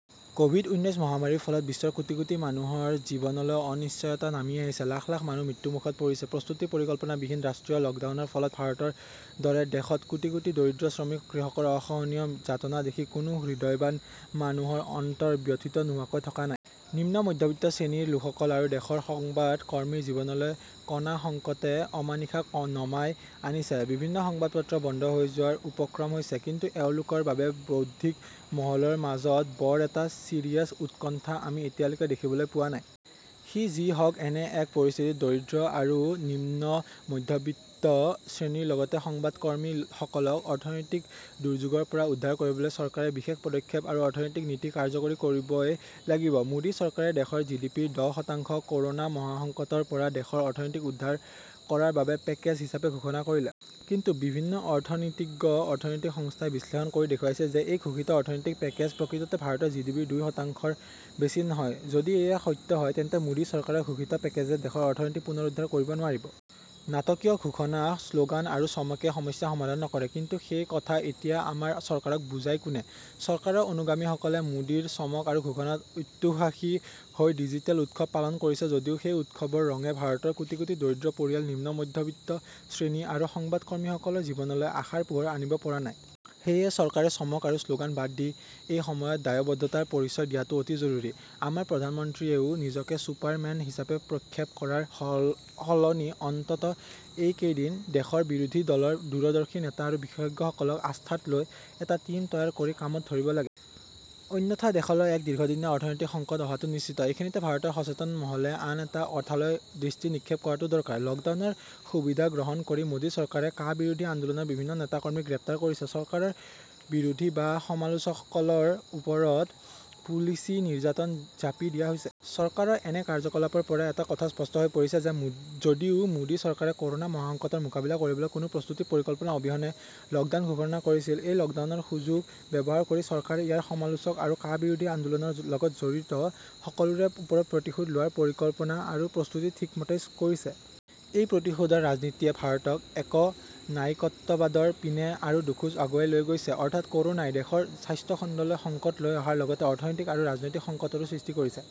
Covid ঊনৈশ মহামাৰীৰ ফলত বিশ্বৰ কোটি কোটি মানুহৰ জীৱনলৈ অনিশ্চয়তা নামি আহিছে। লাখ লাখ মানুহ মৃত্যু মুখত পৰিছে। প্ৰস্তুতি পৰিকল্পনা বিহীন ৰাষ্ট্ৰীয় লকডাউনৰ ফলত ভাৰতৰ দৰে দেশত কোটি কোটি দৰিদ্ৰ শ্ৰমিক কৃষকৰ অসহনীয় যাতনা দেখি কোনো হৃদয়ৱান মানুহৰ অন্তৰ ব্যথিত নোহোৱাকৈ থকা নাই। নিম্ন মধ্যবিত্ত শ্ৰেণীৰ লোকসকল আৰু দেশৰ সংবাদ কৰ্মীৰ জীৱনলৈ কনাসংকটে অমানিশা নমাই আনিছে। বিভিন্ন সংবাদপত্ৰ বন্ধ হৈ যোৱাৰ উপক্ৰম হৈছে।‌কিন্তু এওঁলোকৰ বাবে বৌদ্ধিক মহলৰ মাজত বৰ এটা চিৰিয়াছ উৎকণ্ঠা আমি এতিয়ালৈকে দেখিবলৈ পোৱা নাই। সি যি হওক এনে এক পৰিস্থিতিত দৰিদ্ৰ আৰু নিম্নমধ্যবিত্ত শ্ৰেণীৰ লগতে সংবাদকৰ্মী সকলক অৰ্থনৈতিক দুৰ্যোগৰ পৰা উদ্ধাৰ কৰিবলৈ চৰকাৰে বিশেষ পদক্ষেপ আৰু অৰ্থনৈতিক নীতি কাৰ্যকৰী কৰিবই লাগিব। মোদী চৰকাৰে দেশৰ জিডিপিৰ দহ‌ শতাংশ ক'ৰ'না মহাসংকটৰ পৰা দেশৰ অৰ্থনীতিক উদ্ধাৰ কৰাৰ বাবে পেকেজ হিচাপে ঘোষণা কৰিলে। কিন্তু বিভিন্ন অৰ্থনীতিজ্ঞ, অৰ্থনৈতিক সংস্থাই বিশ্লেষণ কৰি দেখুৱাইছে যে এই ঘোষিত অৰ্থনৈতিক পেকেজ প্ৰকৃততে ভাৰতৰ জিডিপিৰ দুই শতাংশৰ বেছি নহয়। যদি এয়া সত্য হয় তেন্তে মোদী চৰকাৰৰ ঘোষিত পেকেজে দেশৰ অৰ্থনীতি পুনৰুদ্ধাৰ কৰিব নোৱাৰিব। নাটকীয় ঘোষণা শ্লোগান আৰু চমকে সমস্যা সমাধান নকৰে। কিন্তু সেই কথা এতিয়া আমাৰ চৰকাৰক বুজায় কোনে। চৰকাৰৰ অনুগামীসকলে মোদীৰ চমক আৰু ঘোষণাত অত্যুৎসাহী হৈ ডিজিটেল উৎসৱ পালন কৰিছে যদিও সেই উৎসৱৰ ৰঙে ভাৰতৰ কোটি কোটি দৰিদ্ৰ পৰিয়াল নিম্নমধ্যবিত্ত শ্ৰেণী আৰু সংবাদকৰ্মীসকলৰ জীৱনলৈ আশাৰ পোহৰ আনিব পৰা নাই। সেয়ে চৰকাৰে চমক আৰু শ্লোগান বাদ দি এইসময়ত দায়ৱদ্ধতাৰ পৰিচয় দিয়াটো অতি জৰুৰী।‌ আমাৰ প্ৰধানমন্ত্ৰীয়েও নিজকে চুপাৰ মেন হিচাপে প্ৰক্ষেপ কৰাৰ সলনি অন্ততঃ এই কেইদিন দেশৰ বিৰোধী দলৰ দূৰদৰ্শী নেতা আৰু বিশেষজ্ঞসকলক আস্থাত লৈ এটা টীম তৈয়াৰ কৰি কামত ধৰিব লাগে। অন্যথা দেশলৈ এক দীৰ্ঘদিনীয়া অৰ্থনৈতিক সংকট অহাটো নিশ্চিত।‌‌ এইখিনিতে ভাৰতৰ সচেতন মহলে আন এটা কথালৈ দৃষ্টি নিক্ষেপ কৰাটো দৰকাৰ। লকডাউনৰ সুবিধা গ্ৰহণ কৰি মোদী চৰকাৰে কা বিৰোধী আন্দোলনৰ বিভিন্ন নেতাকৰ্মীক গ্ৰেপ্তাৰ কৰিছে, চৰকাৰৰ বিৰোধী বা সমালোচকসকলৰ ওপৰত পুলিচী নিৰ্যাতন জাপি দিয়া হৈছে। চৰকাৰৰ এনে কাৰ্যকলাপৰ পৰা এটা কথা স্পষ্ট হৈ পৰিছে যে যদিও মোদী চৰকাৰে ক'ৰ'না মহাসংকটৰ মোকাবিলা কৰিবলৈ কোনো প্ৰস্তুতি পৰিকল্পনা অবিহনে লকডাউন ঘোষণা কৰিছিল এই লকডাউনৰ সুযোগ ব্যৱহাৰ কৰি চৰকাৰে ইয়াৰ সমালোচক আৰু কা বিৰোধী আন্দোলনৰ লগত জড়িত সকলোৰে ওপৰত প্ৰতিশোধ লোৱাৰ পৰিকল্পনা আৰু প্ৰস্তুতি ঠিকমতেই কৰিছে। এই প্ৰতিশোধৰ ৰাজনীতিয়ে ভাৰতক একনায়কত্ববাদৰ পিনে আৰু দুখোজ আগুৱাই লৈ গৈছে। অৰ্থাৎ ক'ৰ'নাই দেশৰ স্বাস্থ্যখণ্ডলৈ সংকট লৈ অহাৰ লগতে অৰ্থনৈতিক আৰু ৰাজনৈতিক সংকটৰো সৃষ্টি কৰিছে।